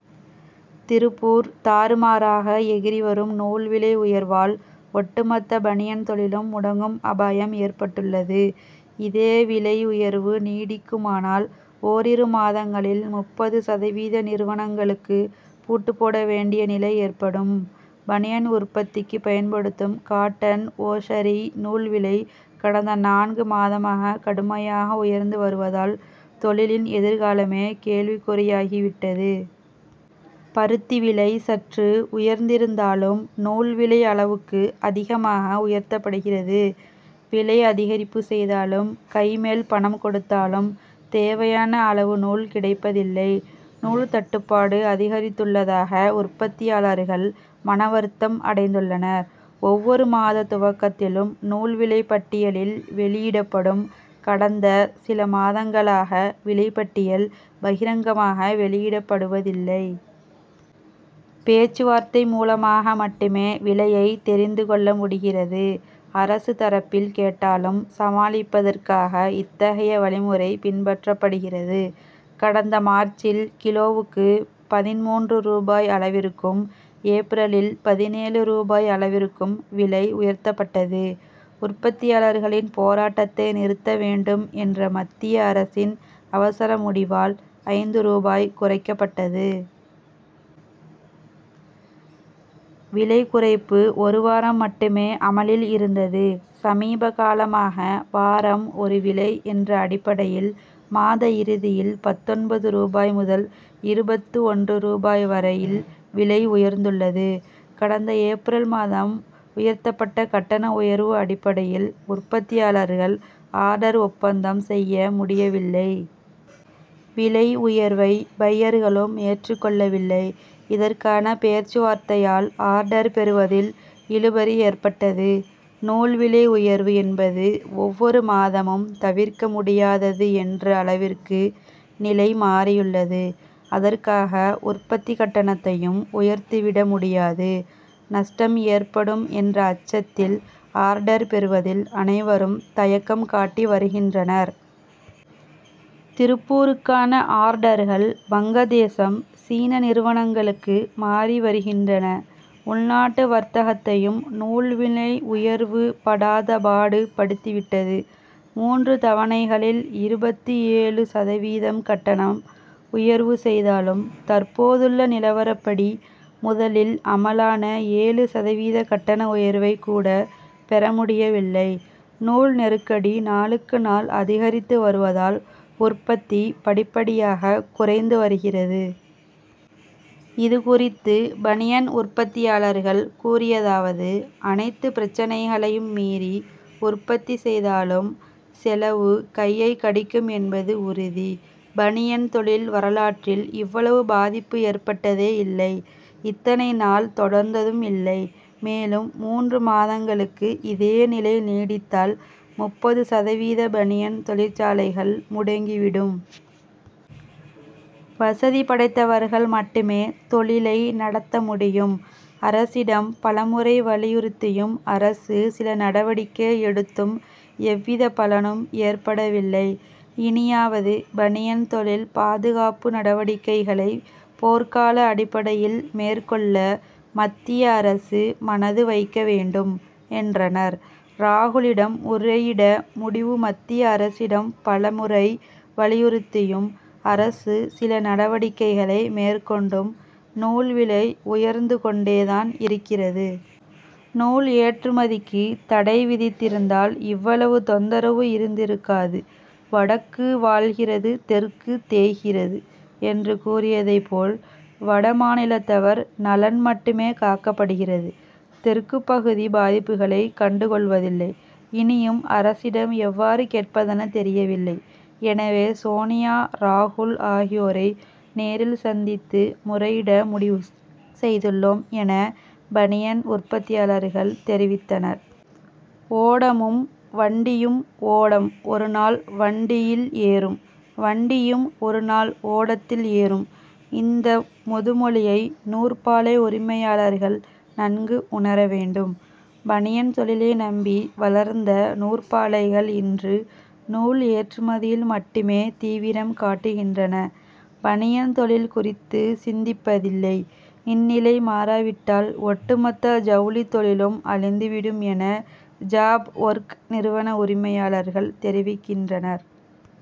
திருப்பூர் தாறுமாறாக எகிறி வரும் நூல் விலை உயர்வால், ஒட்டுமொத்த பனியன் தொழிலும் முடங்கும் அபாயம் ஏற்பட்டுள்ளது. இதேவிலை உயர்வு நீடிக்குமானால், ஓரிரு மாதங்களில், முப்பது சதவீத நிறுவனங்களுக்கு பூட்டுப்போட வேண்டிய நிலை ஏற்படும். பனியன் உற்பத்திக்கு பயன்படுத்தும், காட்டன் ஒசைரி நூல் விலை கடந்த நான்கு மாதமாக கடுமையாக உயர்ந்து வருவதால், தொழிலின் எதிர்காலமே கேள்விக்குறியாகி விட்டது. பருத்தி விலை சற்று உயர்ந்திருந்தாலும், நூல் விலை அளவுக்கு அதிகமாக உயர்த்தப்படுகிறது. விலை அதிகரிப்பு செய்தாலும், கைமேல் பணம் கொடுத்தாலும், தேவையான அளவு நூல் கிடைப்பதில்லை. நூல் தட்டுப்பாடு அதிகரித்துள்ளதாக உற்பத்தியாளர்கள் மனவருத்தம் அடைந்துள்ளனர். ஒவ்வொரு மாத துவக்கத்திலும் நூல் விலை பட்டியல் வெளியிடப்படும். கடந்த சிலமாதங்களாக, விலை பட்டியல் பகிரங்கமாக வெளியிடப்படுவதில்லை. பேச்சுவார்த்தை மூலமாக மட்டுமே விலையை தெரிந்துகொள்ள முடிகிறது. அரசு தரப்பில் கேட்டாலும், சமாளிப்பதற்காக இத்தகைய வழிமுறை பின்பற்றப்படுகிறது. கடந்த மார்ச்சில், கிலோவுக்கு பதின்மூன்று ரூபாய் அளவிற்கும், ஏப்ரலில் பதினேழு ரூபாய் அளவிற்கும் விலை உயர்த்தப்பட்டது. உற்பத்தியாளர்களின் போராட்டத்தை நிறுத்த வேண்டும் என்ற மத்திய அரசின் அவசர முடிவால், ஐந்து ரூபாய் குறைக்கப்பட்டது. விலை குறைப்பு ஒருவாரம் மட்டுமே அமலில் இருந்தது. சமீபகாலமாக, வாரம் ஒருவிலை என்ற அடிப்படையில், மாத இறுதியில், பத்தொன்பது ரூபாய் முதல் இருபத்து ஒன்று ரூபாய் வரையில் விலை உயர்ந்துள்ளது. கடந்த ஏப்ரல் மாதம் உயர்த்தப்பட்ட கட்டண உயர்வு அடிப்படையில், உற்பத்தியாளர்கள் ஆர்டர் ஒப்பந்தம் செய்ய முடியவில்லை. விலை உயர்வை பையர்களும் ஏற்றுக்கொள்ளவில்லை. இதற்கான பேச்சுவார்த்தையால், ஆர்டர் பெறுவதில் இழுபறி ஏற்பட்டது. நூல் விலை உயர்வு என்பது ஒவ்வொரு மாதமும் தவிர்க்க முடியாதது என்ற அளவிற்கு நிலை மாறியுள்ளது. அதற்காக, உற்பத்தி கட்டணத்தையும் உயர்த்திவிட முடியாது. நஷ்டம் ஏற்படும் என்ற அச்சத்தில், ஆர்டர் பெறுவதில் அனைவரும் தயக்கம் காட்டி வருகின்றனர். திருப்பூருக்கான ஆர்டர்கள், வங்கதேசம், சீன நிறுவனங்களுக்கு மாறிவருகின்றன. உள்நாட்டு வர்த்தகத்தையும், நூல் விலை உயர்வு படாதபாடு படுத்திவிட்டது. மூன்று தவணைகளில், இருபத்து ஏழு சதவீதம் கட்டண உயர்வு செய்தாலும், தற்போதுள்ள நிலவரப்படி முதலில் அமலான ஏழு சதவீத கட்டண உயர்வை கூட பெறமுடியவில்லை. நூல்நெருக்கடி நாளுக்கு நாள் அதிகரித்து வருவதால் உற்பத்தி படிப்படியாக குறைந்து வருகிறது. இதுகுறித்து பனியன் உற்பத்தியாளர்கள் கூறியதாவது அனைத்து பிரச்னைகளையும் மீறி உற்பத்தி செய்தாலும், செலவு கையை கடிக்கும் என்பது உறுதி. பனியன் தொழில் வரலாற்றில், இவ்வளவு பாதிப்பு ஏற்பட்டதே இல்லை; இத்தனை நாள் தொடர்ந்ததும் இல்லை. மேலும் மூன்று மாதங்களுக்கு இதேநிலை நீடித்தால், முப்பது சதவீத பனியன் தொழிற்சாலைகள் முடங்கிவிடும். வசதிபடைத்தவர்கள் மட்டுமே தொழிலை நடத்த முடியும். அரசிடம் பலமுறை வலியுறுத்தியும், அரசு சில நடவடிக்கை எடுத்தும் எவ்வித பலனும் ஏற்படவில்லை. இனியாவது பனியன் தொழில் பாதுகாப்பு நடவடிக்கைகளை போர்க்கால அடிப்படையில் மேற்கொள்ள, மத்திய அரசு மனது வைக்க வேண்டும், என்றனர். ராகுலிடம் முறையிட முடிவு மத்திய அரசிடம் பலமுறை வலியுறுத்தியும், அரசு சில நடவடிக்கைகளை மேற்கொண்டும் நூல் விலை உயர்ந்துகொண்டே தான் இருக்கிறது. நூல் ஏற்றுமதிக்கு தடைவிதித்திருந்தால், இவ்வளவு தொந்தரவு இருந்திருக்காது. "வடக்கு வாழ்கிறது தெற்கு தேய்கிறது' என்று கூறியதை போல், வடமாநிலத்தவர் நலன் மட்டுமே காக்கப்படுகிறது. தெற்குப்பகுதி பாதிப்புகளை கண்டுகொள்வதில்லை. இனியும் அரசிடம் எவ்வாறு கேட்பதென தெரியவில்லை. எனவே, சோனியா, ராகுல் ஆகியோரை நேரில் சந்தித்து முறையிட முடிவு செய்துள்ளோம் என, பனியன் உற்பத்தியாளர்கள் தெரிவித்தனர். ஓடமும், வண்டியும் ஓடம் ஓருநாள் வண்டியில் ஏறும். வண்டியும் ஓருநாள் ஓடத்தில் ஏறும்' இந்த முதுமொழியை நூற்பாலை உரிமையாளர்கள் நன்கு உணரவேண்டும். பனியன் தொழிலை நம்பி வளர்ந்த நூற்பாலைகள் இன்று, நூல் ஏற்றுமதியில் மட்டுமே தீவிரம் காட்டுகின்றன; பனியன் தொழில் குறித்து சிந்திப்பதில்லை. இந்நிலை மாறாவிட்டால், ஒட்டுமொத்த ஜவுளித்தொழிலும் அழிந்துவிடும் என, ஜாப் ஒர்க் நிறுவன உரிமையாளர்கள் தெரிவிக்கின்றனர்.